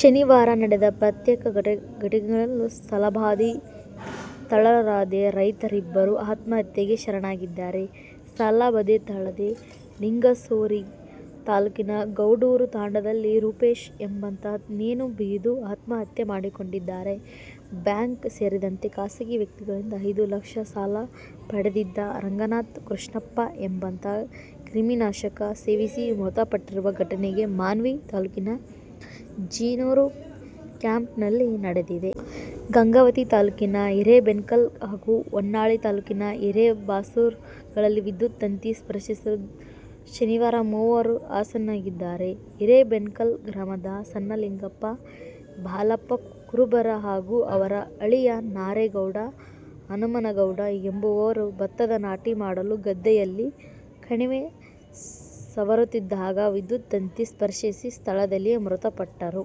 ಶನಿವಾರ ನಡೆದ ಪ್ರತ್ಯೇಕ ಘಟನೆಗಳಲ್ಲಿ ಸಾಲಬಾಧೆ ತಾಳಲಾರದೇ ರೈತರಿಬ್ಬರು ಆತ್ಮಹತ್ಯೆಗೆ ಶರಣಾಗಿದ್ದಾರೆ. ಸಾಲಬಾಧೆ ತಾಳದೆ ಲಿಂಗಸಗೂರು ತಾಲೂಕಿನ ಗೌಡೂರು ತಾಂಡಾದಲ್ಲಿ ರೂಪೇಶ ಎಂಬಾತ ನೇಣು ಬಿಗಿದು ಆತ್ಮಹತ್ಯೆ ಮಾಡಿಕೊಂಡಿದ್ದರೆ, ಬ್ಯಾಂಕ್ ಸೇರಿದಂತೆ ಖಾಸಗಿ ವ್ಯಕ್ತಿಗಳಿಂದ ಐದು ಲಕ್ಷ ಸಾಲ ಪಡೆದಿದ್ದ ರಂಗನಾಥ ಕೃಷ್ಣಪ್ಪ ಎಂಬಾತ ಕ್ರಿಮಿನಾಶಕ ಸೇವಿಸಿ ಮೃತಪಟ್ಟಿರುವ ಘಟನೆ ಮಾನ್ವಿ ತಾಲೂಕಿನ ಜೀನೂರು ಕ್ಯಾಂಪ್ನಲ್ಲಿ ನಡೆದಿದೆ. ಗಂಗಾವತಿ ತಾಲೂಕಿನ ಹಿರೇಬೆಣಕಲ್ ಹಾಗೂ ಹೊನ್ನಾಳಿ ತಾಲೂಕಿನ ಹಿರೇಬಾಸೂರುಗಳಲ್ಲಿ ವಿದ್ಯುತ್ ತಂತಿ ಸ್ಪರ್ಶಿಸಿ ಶನಿವಾರ ಮೂವರು ಅಸುನೀಗಿದ್ದಾರೆ. ಹಿರೇಬೆಣಕಲ್ ಗ್ರಾಮದ ಸಣ್ಣಲಿಂಗಪ್ಪ, ಬಾಲಪ್ಪ ಕುರುಬರ ಹಾಗೂ ಅವರ ಅಳಿಯ ನರೇಗೌಡ ಹನುಮನಗೌಡ ಎಂಬುವರು ಭತ್ತದ ನಾಟಿ ಮಾಡಲು ಗದ್ದೆಯಲ್ಲಿ ಕಣಿವೆ ಸವರುತ್ತಿದ್ದಾಗ ವಿದ್ಯುತ್ ತಂತಿ ಸ್ಪರ್ಶಿಸಿ, ಸ್ಥಳದಲ್ಲೇ ಮೃತಪಟ್ಟರು.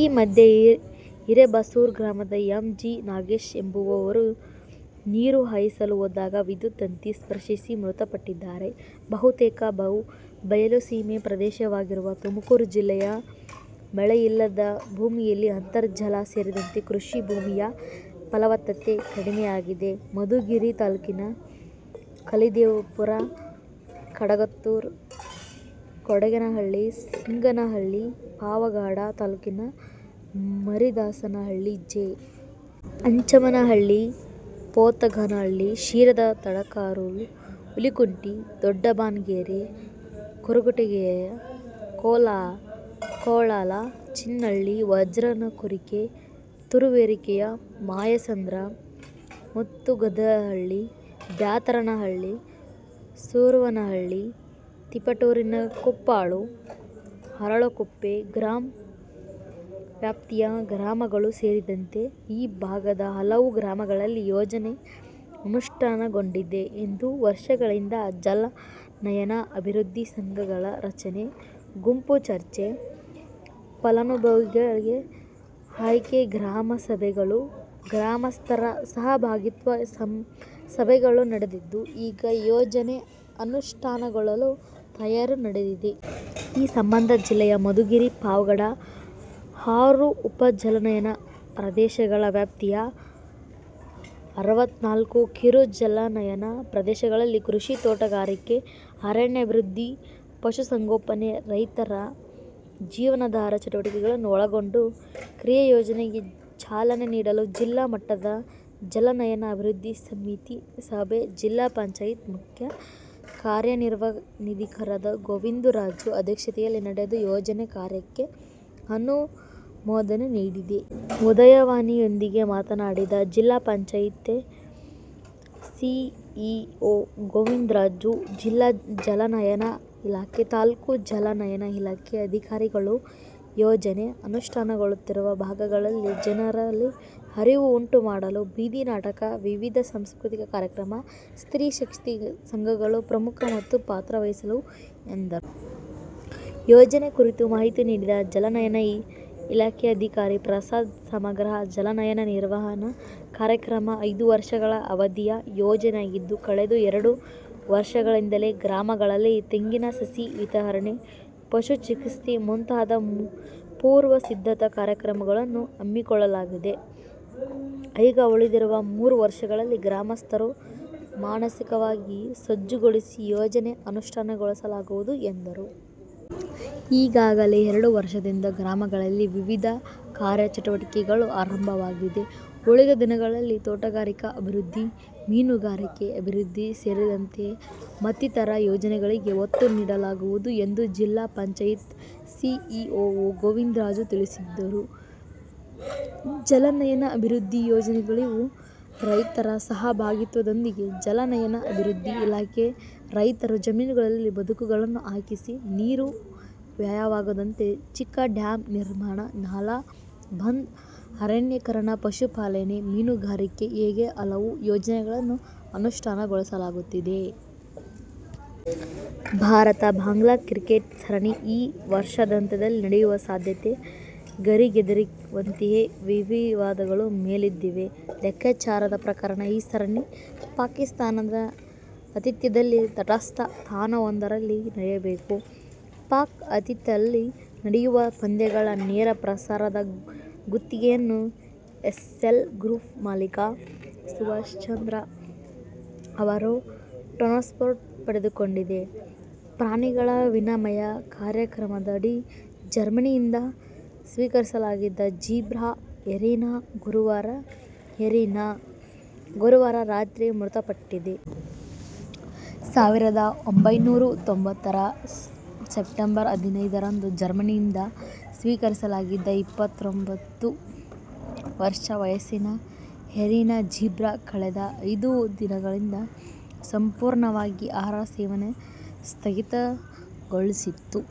ಈ ಮಧ್ಯೆ, ಹಿರೇಬಾಸೂರು ಗ್ರಾಮದಲ್ಲಿ ಎಂ. ಜಿ. ನಾಗೇಶ್ ಎಂಬುವರು ನೀರು ಹಾಯಿಸಲು ಹೋದಾಗ ವಿದ್ಯುತ್ ತಂತಿ ಸ್ಪರ್ಶಿಸಿ ಮೃತಪಟ್ಟಿದ್ದಾರೆ. ಬಹುತೇಕ ಬಯಲುಸೀಮೆ ಪ್ರದೇಶವಾಗಿರುವ ತುಮಕೂರು ಜಿಲ್ಲೆಯಲ್ಲಿ ಮಳೆಯಿಲ್ಲದೆ ಭೂಮಿಯಲ್ಲಿ ಅಂತರ್ಜಲ ಸೇರಿದಂತೆ ಕೃಷಿ ಭೂಮಿಯ ಫಲವತ್ತತೆ ಕಡಿಮೆಯಾಗಿದೆ. ಮಧುಗಿರಿ ತಾಲೂಕಿನ ಕಲಿದೇವಪುರ, ಕಡಗತ್ತೂರು, ಕೊಡಿಗೇನಹಳ್ಳಿ, ಸಿಂಗನಹಳ್ಳಿ; ಪಾವಗಡ ತಾಲೂಕಿನ ಮರಿದಾಸನಹಳ್ಳಿ, ಜೆ. ಅಚ್ಚಮ್ಮನಹಳ್ಳಿ, ಪೋತಗಾನಹಳ್ಳಿ; ಶಿರಾದ ತಡಕಲೂರು, ಹುಲಿಕುಂಟೆ, ದೊಡ್ಡಬಾಣಗೆರೆ; ಕೊರಟಗೆರೆಯ ಕೋಳಾಲ, ಚಿನ್ನಹಳ್ಳಿ, ವಜ್ರನಕುರಿಕೆ; ತುರುವೇಕೆರೆಯ ಮಾಯಸಂದ್ರ, ಮುತ್ತುಗದಹಳ್ಳಿ, ಬ್ಯಾತರನಹಳ್ಳಿ, ಸೊರವನಹಳ್ಳಿ; ತಿಪಟೂರಿನ ಕುಪ್ಪಾಳು, ಅರಳಕುಪ್ಪೆ ಗ್ರಾಪಂ ವ್ಯಾಪ್ತಿಯ ಗ್ರಾಮಗಳು ಸೇರಿದಂತೆ ಈ ಭಾಗದ ಹಲವು ಗ್ರಾಮಗಳಲ್ಲಿ ಯೋಜನೆ ಅನುಷ್ಠಾನಗೊಂಡಿದೆ. ಎರಡು ವರ್ಷಗಳಿಂದ ಜಲಾನಯನ ಅಭಿವೃದ್ಧಿ ಸಂಘಗಳ ರಚನೆ, ಗುಂಪು ಚರ್ಚೆ, ಫಲಾನುಭವಿಗಳ ಆಯ್ಕೆ ಗ್ರಾಮ ಸಭೆಗಳು, ಗ್ರಾಮಸ್ಥರ ಸಹಭಾಗಿತ್ವ ಸಭೆಗಳು ನಡೆದಿದ್ದು ಈಗ ಯೋಜನೆ ಅನುಷ್ಠಾನಗೊಳ್ಳಲು ತಯಾರಿ ನಡೆದಿದೆ. ಈ ಸಂಬಂಧ ಜಿಲ್ಲೆಯ ಮಧುಗಿರಿ, ಪಾವಗಡ, ಆರು ಉಪಜಲಾನಯನ ಪ್ರದೇಶಗಳ ವ್ಯಾಪ್ತಿಯ ಅರವತ್ನಾಲ್ಕು ಕಿರು ಜಲಾನಯನ ಪ್ರದೇಶಗಳಲ್ಲಿ ಕೃಷಿ, ತೋಟಗಾರಿಕೆ, ಅರಣ್ಯಾಭಿವೃದ್ಧಿ, ಪಶುಸಂಗೋಪನೆ, ರೈತರ ಜೀವನಾಧಾರ ಚಟುವಟಿಕೆಗಳನ್ನು ಒಳಗೊಂಡ ಕ್ರಿಯಾಯೋಜನೆಗೆ ಚಾಲನೆ ನೀಡಲು ಜಿಲ್ಲಾ ಮಟ್ಟದ ಜಲಾನಯನ ಅಭಿವೃದ್ದಿ ಸಮಿತಿ ಸಭೆ ಜಿಲ್ಲಾ ಪಂಚಾಯತ್ ಮುಖ್ಯ ಕಾರ್ಯನಿರ್ವಹಣಾಧಿಕಾರಿ ಗೋವಿಂದರಾಜು ಅಧ್ಯಕ್ಷತೆಯಲ್ಲಿ ನಡೆದು ಯೋಜನೆ ಕಾರ್ಯಕ್ಕೆ ಅನುಮೋದನೆ ನೀಡಿದೆ. ''ಉದಯವಾಣಿ''ಯೊಂದಿಗೆ ಮಾತನಾಡಿದ ಜಿಲ್ಲಾ ಪಂಚಾಯತ್ ಪಂ ಸಿಇಒ ಗೋವಿಂದರಾಜು, ಜಿಲ್ಲಾ ಜಲಾನಯನ ಇಲಾಖೆ, ತಾಲೂಕು ಜಲಾ ನಯನ ಇಲಾಖೆ ಅಧಿಕಾರಿಗಳು ಯೋಜನೆ ಅನುಷ್ಠಾನಗೊಳ್ಳುತ್ತಿರುವ ಭಾಗಗಳಲ್ಲಿ ಜನರಲ್ಲಿ ಅರಿವು ಉಂಟು ಮಾಡಲು ಬೀದಿ ನಾಟಕ, ವಿವಿಧ ಸಾಂಸ್ಕೃತಿಕ ಕಾರ್ಯಕ್ರಮ, ಸ್ತ್ರೀ ಶಕ್ತಿ ಸಂಘಗಳು ಪ್ರಮುಖ ಪಾತ್ರವಹಿಸಲಿವೆ ಎಂದರು. ಯೋಜನೆ ಕುರಿತು ಮಾಹಿತಿ ನೀಡಿದ ಜಲಾನಯನ ಇಲಾಖೆ ಅಧಿಕಾರಿ ಪ್ರಸಾದ್ ಸಮಗ್ರ ಜಲಾನಯನ ನಿರ್ವಹಣಾ ಕಾರ್ಯಕ್ರಮ ಐದು ವರ್ಷಗಳ ಅವಧಿಯ ಯೋಜನೆಯಾಗಿದ್ದು ಕಳೆದ ಎರಡು ವರ್ಷಗಳಿಂದಲೇ ಗ್ರಾಮಗಳಲ್ಲಿ ತೆಂಗಿನ ಸಸಿ ವಿತರಣೆ, ಪಶು ಚಿಕಿತ್ಸಾ ಮುಂತಾದ ಪೂರ್ವ ಸಿದ್ಧತಾ ಕಾರ್ಯಕ್ರಮಗಳನ್ನು ಹಮ್ಮಿಕೊಳ್ಳಲಾಗಿದೆ. ಈಗ ಉಳಿದಿರುವ ಮೂರು ವರ್ಷಗಳಲ್ಲಿ ಗ್ರಾಮಸ್ಥರನ್ನು ಮಾನಸಿಕವಾಗಿ ಸಜ್ಜುಗೊಳಿಸಿ ಯೋಜನೆ ಅನುಷ್ಠಾನಗೊಳಿಸಲಾಗುವುದು ಎಂದರು. ಈಗಾಗಲೇ ಎರಡು ವರ್ಷದಿಂದ ಗ್ರಾಮಗಳಲ್ಲಿ ವಿವಿಧ ಕಾರ್ಯಚಟುವಟಿಕೆಗಳು ಆರಂಭವಾಗಿದೆ. ಉಳಿದ ದಿನಗಳಲ್ಲಿ ತೋಟಗಾರಿಕಾ ಅಭಿವೃದ್ಧಿ, ಮೀನುಗಾರಿಕೆ ಅಭಿವೃದ್ಧಿ ಸೇರಿದಂತೆ ಮತ್ತಿತರ ಯೋಜನೆಗಳಿಗೆ ಒತ್ತು ನೀಡಲಾಗುವುದು ಎಂದು ಜಿಲ್ಲಾ ಪಂಚಾಯತ್ ಸಿಇಒ ಗೋವಿಂದರಾಜು ತಿಳಿಸಿದರು. ಜಲಾನಯನ ಅಭಿವೃದ್ಧಿ ಯೋಜನೆಗಳಿವು ರೈತರ ಸಹಭಾಗಿತ್ವದೊಂದಿಗೆ ಜಲಾನಯನ ಅಭಿವೃದ್ಧಿ ಇಲಾಖೆ ರೈತರ ಜಮೀನುಗಳಲ್ಲಿ ಬದುಗಳನ್ನು ಹಾಕಿಸಿ, ನೀರು ವ್ಯಯವಾಗದಂತೆ ಚಿಕ್ಕ ಡ್ಯಾಂ ನಿರ್ಮಾಣ, ನಾಲ ಬಂದ್, ಅರಣ್ಯೀಕರಣ, ಪಶುಪಾಲನೆ, ಮೀನುಗಾರಿಕೆ ಹೀಗೆ ಹಲವು ಯೋಜನೆಗಳನ್ನು ಅನುಷ್ಠಾನಗೊಳಿಸಲಾಗುತ್ತಿದೆ. ಭಾರತ-ಬಾಂಗ್ಲಾ ಕ್ರಿಕೆಟ್ ಸರಣಿ ಈ ವರ್ಷಾಂತ್ಯದಲ್ಲಿ ನಡೆಯುವ ಸಾಧ್ಯತೆ ಗರಿಗೆದರಿರುವಂತೆಯೇ ವಿವಾದಗಳೂ ಮೇಲೆದ್ದಿವೆ. ಲೆಕ್ಕಾಚಾರದ ಪ್ರಕಾರ ಈ ಸರಣಿ ಪಾಕಿಸ್ತಾನದ ಆತಿಥ್ಯದಲ್ಲಿ ತಟಸ್ಥ ತಾಣವೊಂದರಲ್ಲಿ ನಡೆಯಬೇಕು. ಪಾಕ್ ಆತಿಥ್ಯದಲ್ಲಿ ನಡೆಯುವ ಪಂದ್ಯಗಳ ನೇರಪ್ರಸಾರದ ಗುತ್ತಿಗೆಯನ್ನು ಎಸ್ಸೆಲ್ ಗ್ರೂಪ್ ಮಾಲಿಕ ಸುಭಾಷ್ಚಂದ್ರ ಅವರ ಟೆನ್ನ್ಪೋರ್ಟ್ಸ್ ಪಡೆದುಕೊಂಡಿದೆ. ಪ್ರಾಣಿಗಳ ವಿನಿಮಯ ಕಾರ್ಯಕ್ರಮದಡಿ ಜರ್ಮನಿಯಿಂದ ಸ್ವೀಕರಿಸಲಾಗಿದ್ದ ಜೀಬ್ರಾ "ಎರಿನಾ' ಗುರುವಾರ ರಾತ್ರಿ ಮೃತಪಟ್ಟಿದೆ. ಸಾವಿರದ ಒಂಭೈನೂರ ತೊಂಬತ್ತರ ಸೆಪ್ಟಂಬರ್ ಹದಿನೈದರಂದು ಜರ್ಮನಿಯಿಂದ ಸ್ವೀಕರಿಸಲಾಗಿದ್ದ ಇಪ್ಪತ್ತೊಂಬತ್ತು ವರ್ಷ ವಯಸ್ಸಿನ ಎರಿನಾ ಜೀಬ್ರಾ, ಕಳೆದ ಐದು ದಿನಗಳಿಂದ ಸಂಪೂರ್ಣವಾಗಿ ಆಹಾರ ಸೇವನೆ ಸ್ಥಗಿತಗೊಳಿಸಿತ್ತು.